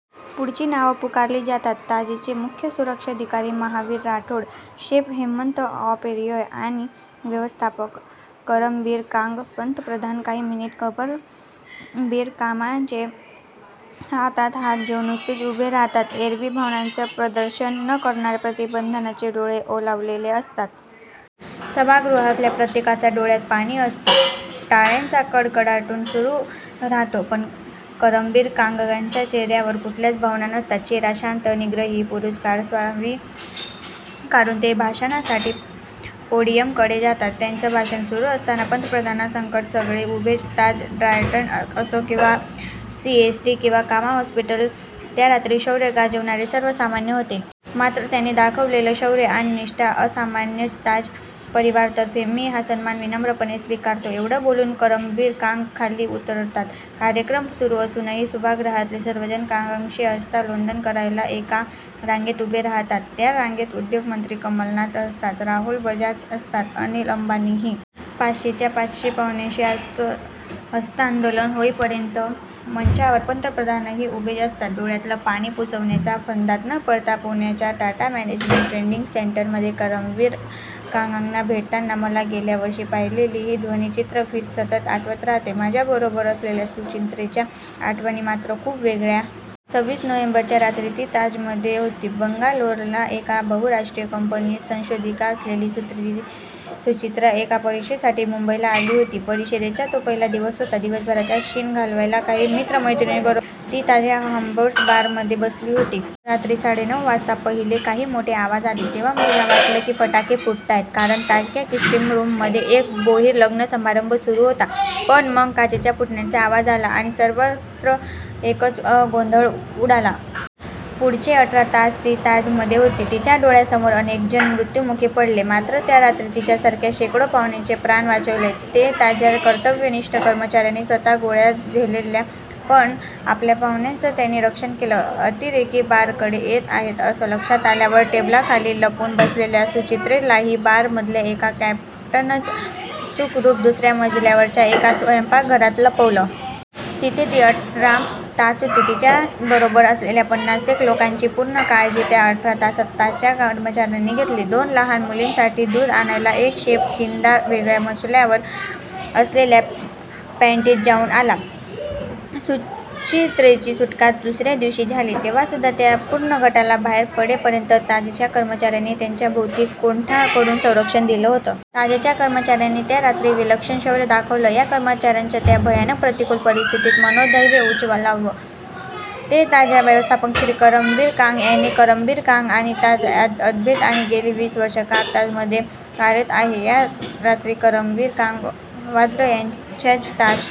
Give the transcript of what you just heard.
पुढची नावं पुकारली जातात. ताजचे मुख्य सुरक्षाधिकारी महावीर राठौड, शेफ हेमंत ओबेरॉय आणि व्यवस्थापक करमबीर कांग. पंतप्रधान काही मिनिटं करमबीर कांगांचे हात हातात घेऊन नुसतेच उभे राहतात. एरवी भावनांचं प्रदर्शन न करणाऱ्या पंतप्रधानांचे डोळे ओलावलेले असतात. सभागृहातल्या प्रत्येकाच्या डोळ्यात पाणी असतं. टाळ्यांचा कडकडाट सुरू राहतो. पण करमबीर कांगांच्या चेहऱ्यावर कुठल्याच भावना नसतात. चेहरा शांत, निग्रही. पुरस्कार स्वीकारून ते भाषणासाठी पोडियमकडे जातात. त्यांचं भाषण सुरू असताना पंतप्रधानांसकट सगळे उभेच. ताज-ट्रायडण्ट असो किंवा सीएसटी किंवा कामा हॉस्पिटल, त्या रात्री शौर्य गाजवणारे सर्व सामान्य होते. मात्र त्यांनी दाखवलेलं शौर्य आणि निष्ठा असामान्यच. ताज परिवारातर्फे मी हा सन्मान विनम्रपणे स्वीकारतो, एवढं बोलून करमबीर कांग खाली उतरतात. कार्यक्रम सुरू असूनही सभागृहातले सर्वजण कांगांशी हस्तांदोलन करायला एका रांगेत उभे राहतात. या रांगेत उद्योगमंत्री कमलनाथ असतात, राहुल बजाज असतात, अनिल अंबानीही. पाचशेच्या पाचशे पाहुण्यांशी हस्तांदोलन होईपर्यंत मंचावर पंतप्रधानही उभेच असतात. डोळ्यातलं पाणी पुसण्याच्या फंदात न पडता. पुण्याच्या टाटा मॅनेजमेंट ट्रेनिंग सेंटरमध्ये करमबीर कांगांना भेटताना मला गेल्या वर्षी पाहिलेली ही ध्वनिचित्रफीत सतत आठवत राहते. माझ्याबरोबर असलेल्या सुचित्रेच्या आठवणी मात्र खूप वेगळ्या. सव्वीस नोव्हेंबरच्या रात्री ती ताजमध्ये होती. बंगलोरला एका बहुराष्ट्रीय कंपनीत संशोधिका असलेली सुचित्रा एका परिषदेसाठी मुंबईला आली होती. परिषदेचा तो पहिला दिवस होता. दिवसभराचा शीण घालवायला काही मित्रमैत्रिणींबरोबर ती ताजच्या हार्बर्स बारमध्ये बसली होती. रात्री साडेनऊ वाजता पहिले काही मोठे आवाज आले, तेव्हा तिला वाटलं की फटाके फुटतायेत, कारण ताजच्या क्रिस्टल रूममध्ये एक बोहरी लग्नसमारंभ सुरू होता. पण मग काचांच्या फुटण्याचा आवाज आला, आणि सर्वत्र एकच गोंधळ उडाला. पुढचे अठरा तास ती ताजमध्ये होती. तिच्या डोळ्यांसमोर अनेकजण मृत्युमुखी पडले. मात्र त्या रात्री तिच्यासारख्या शेकडो पाहुण्यांचे प्राण वाचवले ते ताजच्या कर्तव्यनिष्ठ कर्मचाऱ्यांनी. स्वतः गोळ्या झेलल्या, पण आपल्या पाहुण्यांचं त्यांनी रक्षण केलं. अतिरेकी बारकडे येत आहेत असं लक्षात आल्यावर टेबलाखाली लपून बसलेल्या सुचित्रेलाही बारमधल्या एका कॅप्टननंच सुखरूप दुसऱ्या मजल्यावरच्या एका स्वयंपाकघरात लपवलं. तिथे ती अठरा तास होती. तिच्याबरोबर असलेल्या पन्नासेक लोकांची पूर्ण काळजी त्या अठरा तासांत ताजच्या कर्मचाऱ्यांनी घेतली. दोन लहान मुलांसाठी दूध आणायला एक शेफ तीनदा वेगळ्या मजल्यावर असलेल्या पॅन्ट्रीत जाऊन आला. सुचित्रेची सुटका दुसऱ्या दिवशी झाली तेव्हासुद्धा त्या पूर्ण गटाला बाहेर पडेपर्यंत ताजच्या कर्मचाऱ्यांनी त्यांच्याभोवती कोंडाळं करून संरक्षण दिलं होतं. ताजच्या कर्मचाऱ्यांनी त्या रात्री विलक्षण शौर्य दाखवलं. या कर्मचाऱ्यांचं त्या भयानक प्रतिकूल परिस्थितीत मनोधैर्य उंचावलं ते ताजचे व्यवस्थापक श्री. करमबीर कांग यांनी. करमबीर कांग आणि ताज यांचं अद्वैत आहे. गेली वीस वर्षं कांग ताजमध्ये कार्यरत आहेत. त्या रात्री करमबीर कांग वांद्र्याच्या ताज